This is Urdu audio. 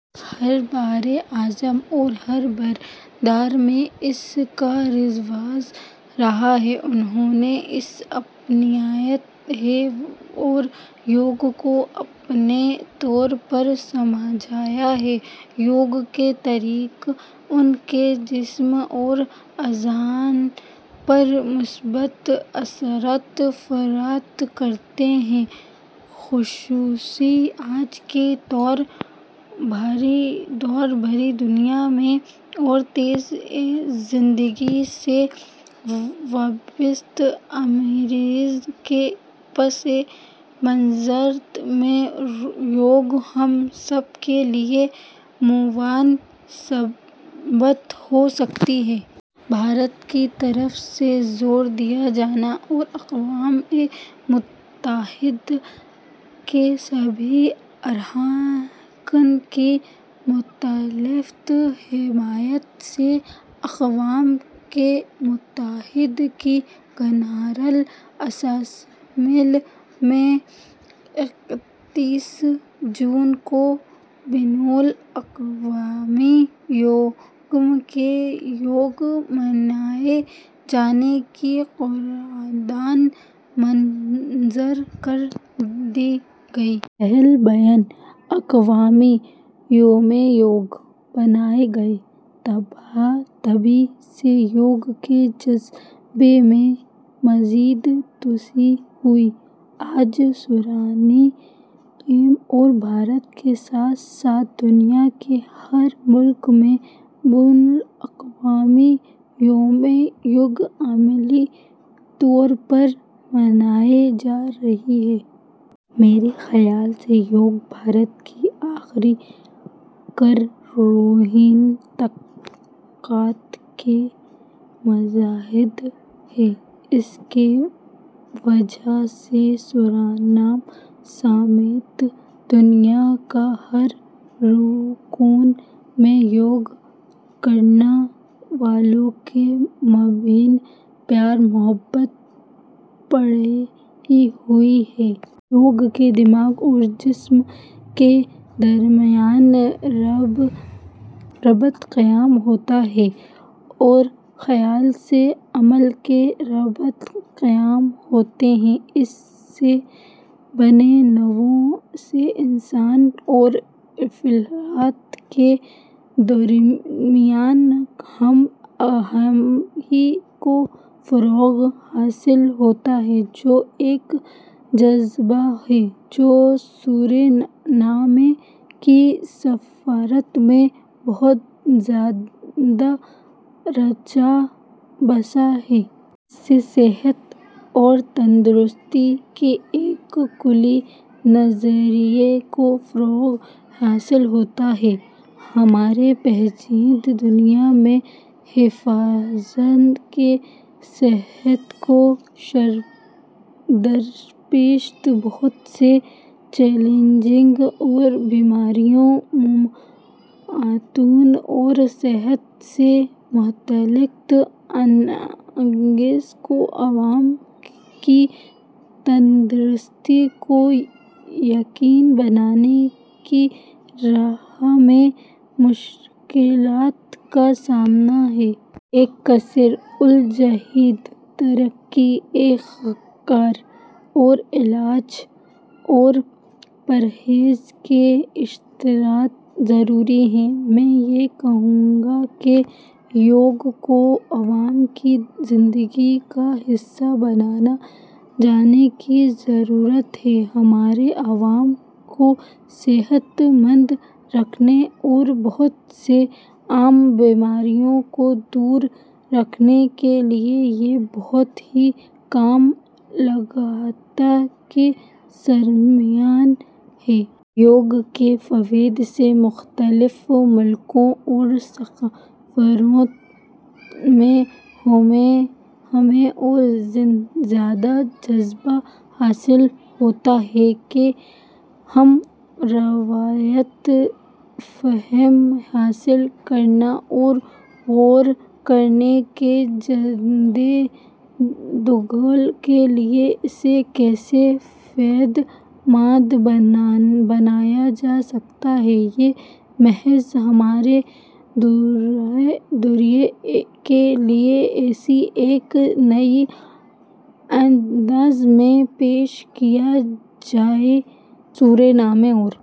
ہر براعظم اور ہر برادری میں اس کا رواج رہا ہے، انھوں نے اسے اپنایا ہے اور یوگ کو اپنے طور پر سمجھا ہے۔ یوگ کا طریقہ ان کے جسم اور اذہان پر مثبت اثرات مرتب کرتا ہے، خصوصاً آج کی تناؤ بھری دنیا میں اور طرزِ زندگی سے وابستہ امراض کے پس منظر میں یوگ ہم سب کے لیے معاون ثابت ہو سکتا ہے۔ بھارت کی طرف سے زور دیے جانے اور اقوام متحدہ کے سبھی ارکان کی متفقہ حمایت سے اقوام متحدہ کی جنرل اسمبلی میں اکیس جون کو بین الاقوامی یومِ یوگ منائے جانے کی قرارداد منظور کر دی گئی۔ پہلا بین الاقوامی یومِ یوگ منایا گیا، تبھی سے یوگ کے جذبے میں مزید توسیع ہوئی۔ آج سورینام اور بھارت کے ساتھ ساتھ دنیا کے ہر ملک میں بین الاقوامی یومِ یوگ عملی طور پر منایا جا رہا ہے۔ میرے خیال سے یوگ بھارت کی آخرکار روحانی طاقت کا مظاہرہ ہے۔ اس کی وجہ سے سورینام سمیت دنیا کے ہر کونے میں یوگ کرنے والوں کے مابین پیار محبت پیدا ہوا ہے۔ یوگ سے دماغ اور جسم کے درمیان ربط قائم ہوتا ہے اور خیال سے عمل کا رابطہ قائم ہوتا ہے۔ اس سے بنی نوع انسان اور فطرت کے درمیان ہم آہنگی کو فروغ حاصل ہوتا ہے، جو ایک جذبہ ہے جو سورینام کی ثقافت میں بہت زیادہ رچا بسا ہے۔ اس سے صحت اور تندرستی کے ایک کلی نظریے کو فروغ حاصل ہوتا ہے۔ ہماری پیچیدہ دنیا میں حفظانِ صحت کو درپیش بہت سے چیلنجز اور بیماریاں حکومتوں اور صحت سے متعلق ایجنسیوں کو عوام کی تندرستی کو یقینی بنانے کی راہ میں مشکلات کا سامنا ہے۔ ایک کثیر جہتی طریقۂ کار اور علاج اور پرہیز کا اشتراک ضروری ہے۔ میں یہ کہوں گا کہ یوگ کو عوام کی زندگی کا حصہ بنائے جانے کی ضرورت ہے۔ ہمارے عوام کو صحت مند رکھنے اور بہت سی عام بیماریوں کو دور رکھنے کے لیے یہ بہت ہی کم لاگت کا سرمایہ ہے۔ یوگ کے فوائد سے مختلف ملکوں اور ثقافتوں میں ہمیں اور زیادہ جذبہ حاصل ہوتا ہے کہ ہم روایتی فہم حاصل کریں اور غور کریں کہ جدید دور کے لیے اسے کیسے فائدے مند بنایا جا سکتا ہے، یا محض ہمارے دور کے لیے اسے ایک نئے انداز میں پیش کیا جائے۔ سورینام اور